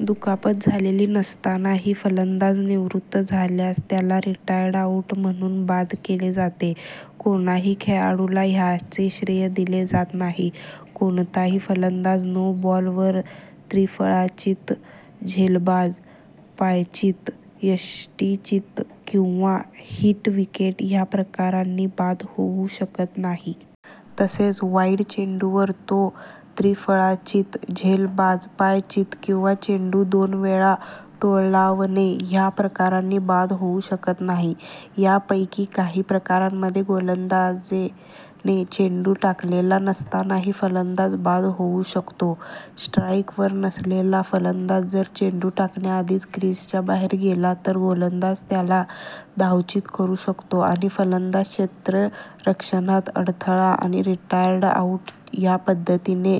दुखापत झालेली नसतानाही फलंदाज निवृत्त झाल्यास त्याला रिटायर्ड आऊट म्हणून बाद दिले जाते; कोणाही खेळाडूला ह्याचे श्रेय दिले जात नाही. कोणताही फलंदाज नो बॉल वर त्रिफळाचीत, झेलबाद, पायचीत, यष्टिचीत किंवा हिट विकेट ह्या प्रकारांनी बाद होऊ शकत नाही. तसेच वाईड चेंडूवर तो त्रिफळाचीत, झेलबाद, पायचीत, किंवा चेंडू दोन वेळा टोलावणे ह्या प्रकारांनी बाद होवू शकत नाही. यापैकी काही प्रकारांमध्ये गोलंदाजाने चेंडू टाकलेला नसतानाही फलंदाज बाद होऊ शकतो. स्ट्राईकवर नसलेला फलंदाज जर चेंडू टाकण्याआधी क्रिजच्या बाहेर गेला तर, गोलंदाज त्याला धावचीत करू शकतो, आणि फलंदाज क्षेत्ररक्षणात अडथळा आणि रिटायर्ड आऊट या पद्धतीने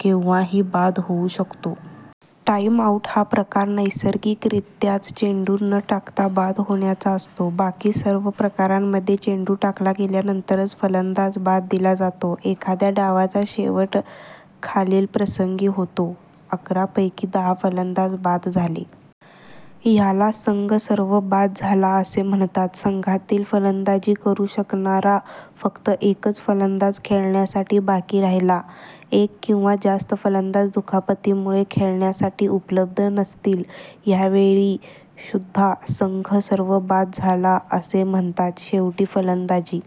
केव्हाही बाद होऊ शकतो. टाईम्ड आऊट हा प्रकार नैसर्गिगरीत्याच चेंडू न टाकता बाद होण्याचा असतो. बाकी सर्व प्रकारांमध्ये चेंडू टाकला गेल्यानंतरच फलंदाज बाद दिला जातो. एखाद्या डावाचा शेवट खालील प्रसंगी होतो: अकरा पैकी दहा फलंदाज बाद झाले; ह्याला संघ "सर्वबाद" झाला असे म्हणतात संघातील फलंदाजी करू शकणारा फक्त एकच फलंदाज खेळण्यासाठी बाकी राहिला, एक किंवा जास्त फलंदाज दुखापतीमुळे खेळण्यासाठी उपलब्ध नसतील; ह्यावेळी सुद्धा, संघ "सर्वबाद" झाला असे म्हणतात शेवटी फलंदाजी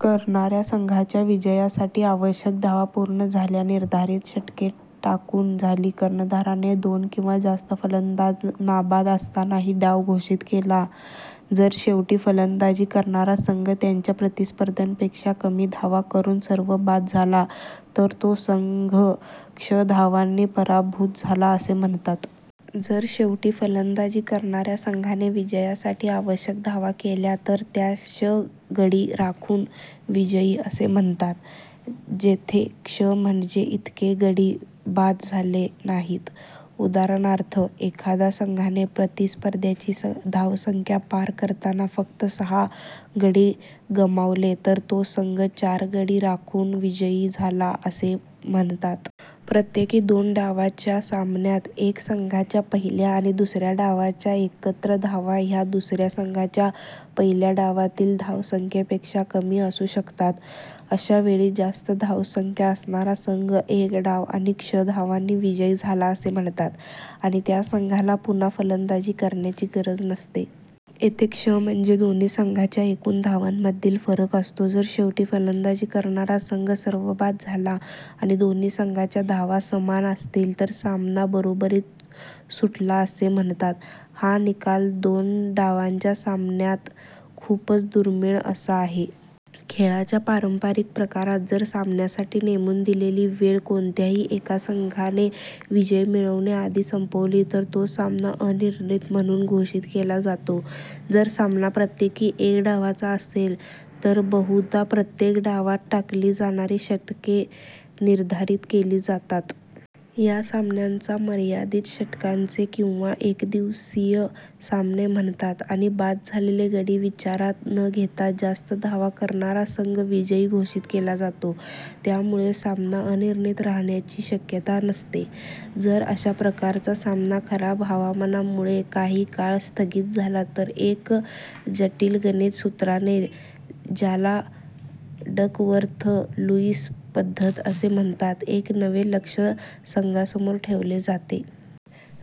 करणाऱ्या संघाच्या विजयासाठी आवश्यक धावा पूर्ण झाल्या निर्धारित षटके टाकून झाली कर्णधाराने दोन किंवा जास्त फलंदाज नाबाद असतानाही डाव घोषित केला जर शेवटी फलंदाजी करणारा संघ त्यांच्या प्रतिस्पर्ध्यापेक्षा कमी धावा करून सर्वबाद झाला, तर तो संघ " क्ष धावांनी पराभूत" झाला असे म्हणतात.. जर शेवटी फलंदाजी करणाऱ्या संघाने विजयासाठी आवश्यक धावा केल्या, तर त्यास " क्ष गडी राखून विजयी" असे म्हणतात, जेथे क्ष म्हणजे इतके गडी बाद झाले नाहीत. उदाहरणार्थ, एखाद्या संघाने प्रतिस्पर्ध्याची धावसंख्या पार करताना फक्त सहा गडी गमावले तर तो संघ "चार गडी राखून विजयी" झाला असे म्हणतात. प्रत्येकी दोन डावांच्या सामन्यात, एका संघाच्या पहिल्या आणि दुसऱ्या डावाच्या एकत्र धावा ह्या, दुसऱ्या संघाच्या पहिल्या डावातील धावसंख्येपेक्षा कमी असून शकतात. अशा वेळी जास्त धावसंख्या असणारा संघ एक डाव आणि क्ष धावांनी विजयी झाला असे म्हणतात, आणि त्या संघाला पुन्हा फलंदाजी करण्याची गरज नसते. येथे क्ष म्हणजे दोन्ही संघांच्या एकून धावांमधील फरक असतो. जर शेवटी फलंदाजी करणारा संघ सर्वबाद झाला, आणि दोन्ही संघांच्या धावा समान असतील, तर सामना बरोबरीत सुटला असे म्हणतात; हा निकाल दोन डावांच्या सामन्यात खूपच दूर्मिळ असा आहे. खेळाच्या पारंपारिक प्रकारात, जर सामन्यासाठी नेमून दिलेली वेळ कोणत्याही एका संघाने विजय मिळविण्याआधी संपली तर तो सामना अनिर्णित म्हणून घोषित केला जातो. जर सामना प्रत्येकी एका डावाचा असेल, तर बहुधा प्रत्येक डावात टाकली जाणारी षटके निर्धारित केली जातात. ह्या सामन्यांना "मर्यादित षटकांचे" किंवा "एकदिवसीय" सामने म्हणतात, आणि बाद झालेले गडी विचारात न घेता, जास्त धावा करणारा संघ विजयी घोषित केला जातो, त्यामुळे सामना अनिर्णित राहण्याची शक्यता नसते. जर अशा प्रकारचा सामना खराब हावामानामुळे काही काळ स्थगित झाला तर एका जटिल गणिती सूत्राने, ज्याला डकवर्थ-लुईस पद्धत असे म्हणतात, एक नवे लक्ष्य संघासमोर ठेवले जाते.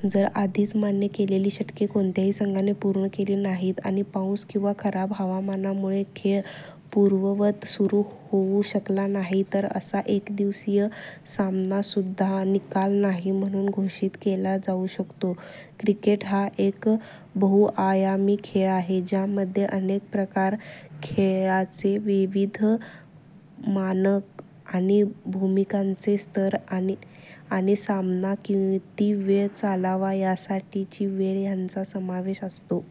जर आधीच मान्य केलेली षटके कोणत्याही संघाने पूर्ण केली नाहीत, आणि पाऊस किंवा खराब हवामानामुळे खेळ पूर्ववत सुरू होऊ शकला नाही तर असा एकदिवसीय सामनासुद्धा "निकाल नाही" म्हणून घोषित केला जाऊ शकतो. क्रिकेट हा एक बहुआयामी खेळ आहे, ज्यामध्ये अनेक प्रकार, खेळाचे विविध मानक आणि भूमिकांचे स्तर आणि सामना किती वेळ चालावा यासाठीची वेळ ह्यांचा समावेश होतो.